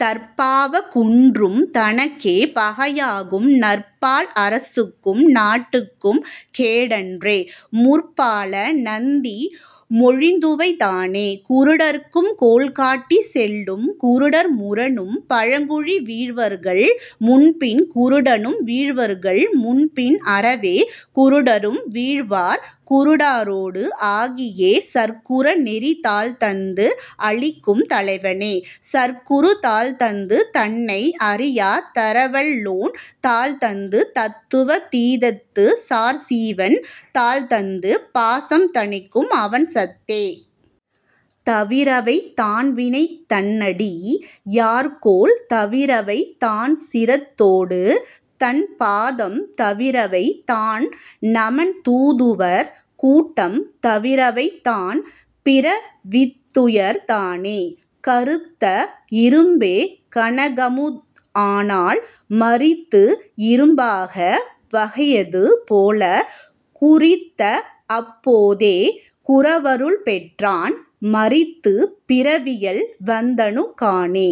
தற்பாவங் குன்றும் தனக்கே பகையாகும் நற்பால் அரசுக்கும் நாட்டுக்கும் கேடென்றே முற்பால நந்தி மொழிந்துவைத் தானே. குருடர்க்குக் கோல்காட்டிச் செல்லும் குருடர் முரணும் பழங்குழி வீழ்வர்கள் முன்பின் குருடனும் வீழ்வர்கள் முன்பின் அறவே குருடரும் வீழ்வார் குருடரோடு ஆகியே.. சற்குரு நெறி தாள்தந்து அளிக்கும் தலைவனே சற்குரு தாள்தந்து தன்னை அறியத் தரவல்லோன் தாள்தந்து தத்துவா தீதத்துச் சார்சீவன் தாள்தந்து பாசம் தணிக்கும் அவன்சத்தே. தவிரவைத் தான்வினை தன்னடி யார்கோள் தவிரவைத் தான்சிரத் தோடுதன் பாதம் தவிரவைத் தான்நமன் தூதுவர் கூட்டம் தவிரவைத் தான் பிற வித்துயர் தானே. கறுத்த இரும்பே கனகமது ஆனால் மறித்துஇரும் பாகா வகையது போலக் குறித்தஅப் போதே குருவருள் பெற்றான் மறித்துப் பிறவியல் வந்தணு கானே.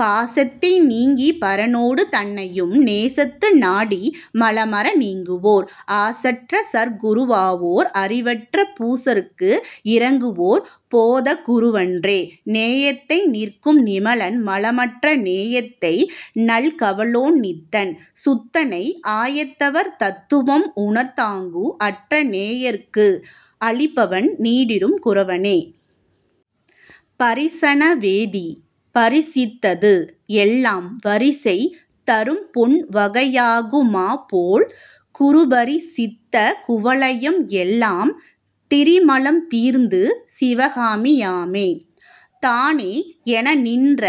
பாசத்தை நீக்கிப் பரனோடு தன்னையும் நேசத்து நாடி மலமற நீக்குவோர் ஆசற்ற சற்குரு வாவோர் அறிவற்றுப் பூசற்கு இரங்குவோர் போதக் குருவன்றே. நேயத்தே நிற்கும் நிமலன் மலமற்ற நேயத்தை நல்கவல் லோன்நித்தன் சுத்தனே ஆயத்த வர்தத் துவம் உணர்ந் தாங்குஅற்ற நேயர்க்கு அளிப்பவன் நீடும் குரவனே. பரிசன வேதி பரிசித்தது எல்லாம் வரிசை தரும்பொன் வகையாகு மாபோல் குருபரி சித்த குவலயம் எல்லாம் திரிமலம் தீர்ந்து சிவகதி யாமே. தானே எனநின்ற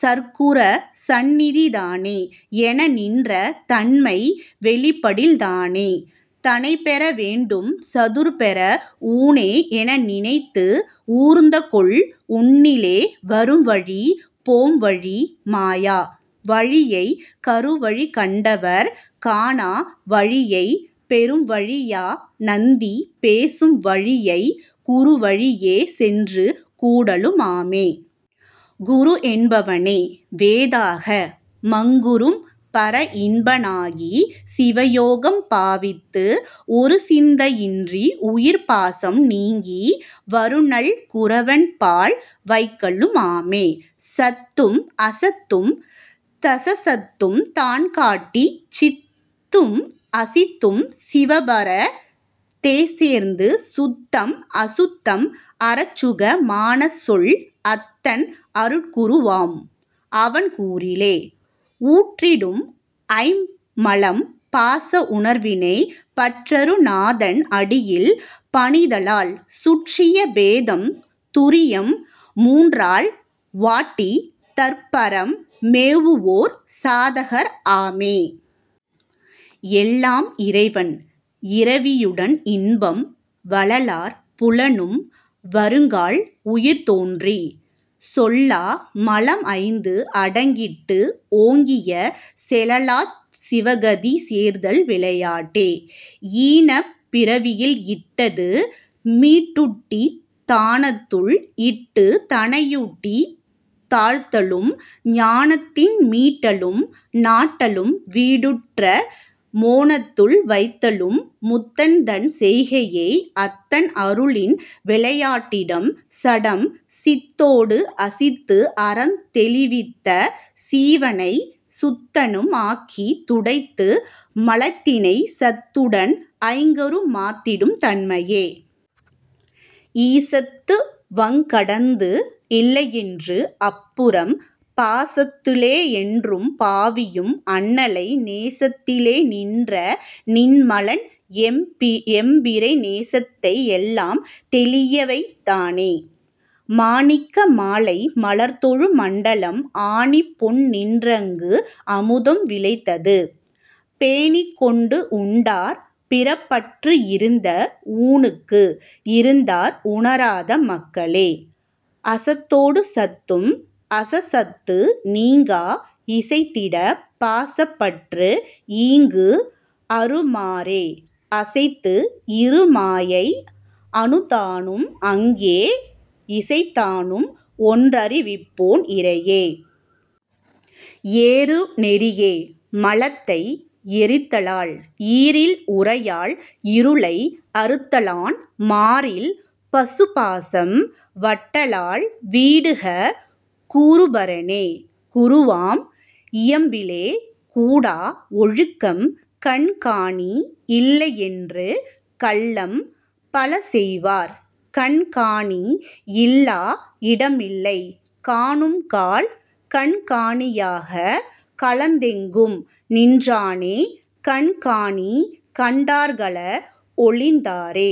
சற்குரு சந்நிதி தானே எனநின்ற தன்மை வெளிப்படில் தானே தனைப்பெற வேண்டும் சதுர்பெற ஊனே எனநினைந்து ஓர்ந்துகொள் உன்னிலே. வரும்வழி போம்வழி மாயா வழியைக் கருவழி கண்டவர் காணா வழியைக் பெரும்வழி யாநந்தி பேசும் வழியைக் குருவழியே சென்று கூடலும் ஆமே. குருஎன் பவனே வேதாக மங்கூறும் பரஇன்ப னாகிச் சிவயோகம் பாவித்து ஒருசிந்தை யின்றி உயிர்பாசம் நீக்கி வருநல் குரவன்பால் வைக்கலும் ஆமே. சத்தும் அசத்தும் சதசத்தும் தான்காட்டிச் சித்தும் அசித்தும் சிவபரத் தேசேர்த்துச் சுத்தம் அசுத்தம் அறச்சுக மானசொல் அத்தன் அருட்குரு வாம்அவன் கூறிலே. ஊற்றிடும் ஐம்மலம் பாச உணர்வினை பற்றறு நாதன் அடியில் பணிதலால் சுற்றிய பேதம் துரியம் மூன் றால்வாட்டித் தற்பரம் மேவுவோர் சாதகர் ஆமே. எல்லாம் இறைவன் இறைவி யுடன்இன்பம் வலலார் புலனும் வருங்கால் உயிர்தோன்றிச் சொல்லா மலம்ஐந்து அடங்கிட்டு ஓங்கியே செலலாச் சிவகதி சேர்தல்விளை யாட்டே. ஈனப் பிறவியில் இட்டது மீட்டுட்டித் தானத்துள் இட்டுத் தனையூட்டித் தாழ்த்தலும் ஞானத்தின் மீட்டலும் நாட்டலும் வீடுற்று மோனத்துள் வைத்தலும் முத்தன்தன் செய்கையே. அத்தன் அருளின் விளையாட் டிடம்சடம் சித்தொடு அசித்துஅறத் தெளிவித்த சீவனைச் சுத்தனும் ஆக்கித் துடைத்து மலத்தினைச் சத்துடன் ஐங்கரு மத்திடும் தன்மையே. ஈசத்து வங்கடந்து இல்லையென்று அப்புறம் பாசத்து ளேயென்றும் பாவியும் அண்ணலை நேசத்து ளேநின்ற நின்மலன் எம்மிறை தேசத்தை எல்லாம் தெளியவைத் தானே. மாணிக்க மாலை மலர்ந்தெழு மண்டலம் ஆணிப்பொன் நின்றங்கு அமுதம் விளைந்தது பேணிக்கொண்டு உண்டார் பிறப்பற்று இருந்த ஊனுக்கு இருந்தார் உணராத மாக்களே. அசத்தொடு சத்தும் அசத்சத்து நீங்க இசைத்திடு பாசப்பற்று ஈங்குஅறு மாறே அசைத்துஇரு மாயை அனுத்தானும் ஆங்கே இசைத்தானும் ஒன்றறி விப்போன் இறையே. ஏறு நெறியே மலத்தை எரித்தலால் ஈறில் உரையால் இருளை அறுத்தலான் மாறில் பசுபாசம் வாட்டலால் வீடுக கூறு பரனே குருவாம் இயம்பிலே.. கூடா ஒழுக்கம் கண்காணி இல்லென்று கள்ளம் பலசெய்வார் கண்காணி இல்லா இடமில்லை காணுங்கால் கண்காணி யாகக் கலந்தெங்கும் நின்றானைக் கண்காணி கண்டார் களஒழிந் தாரே.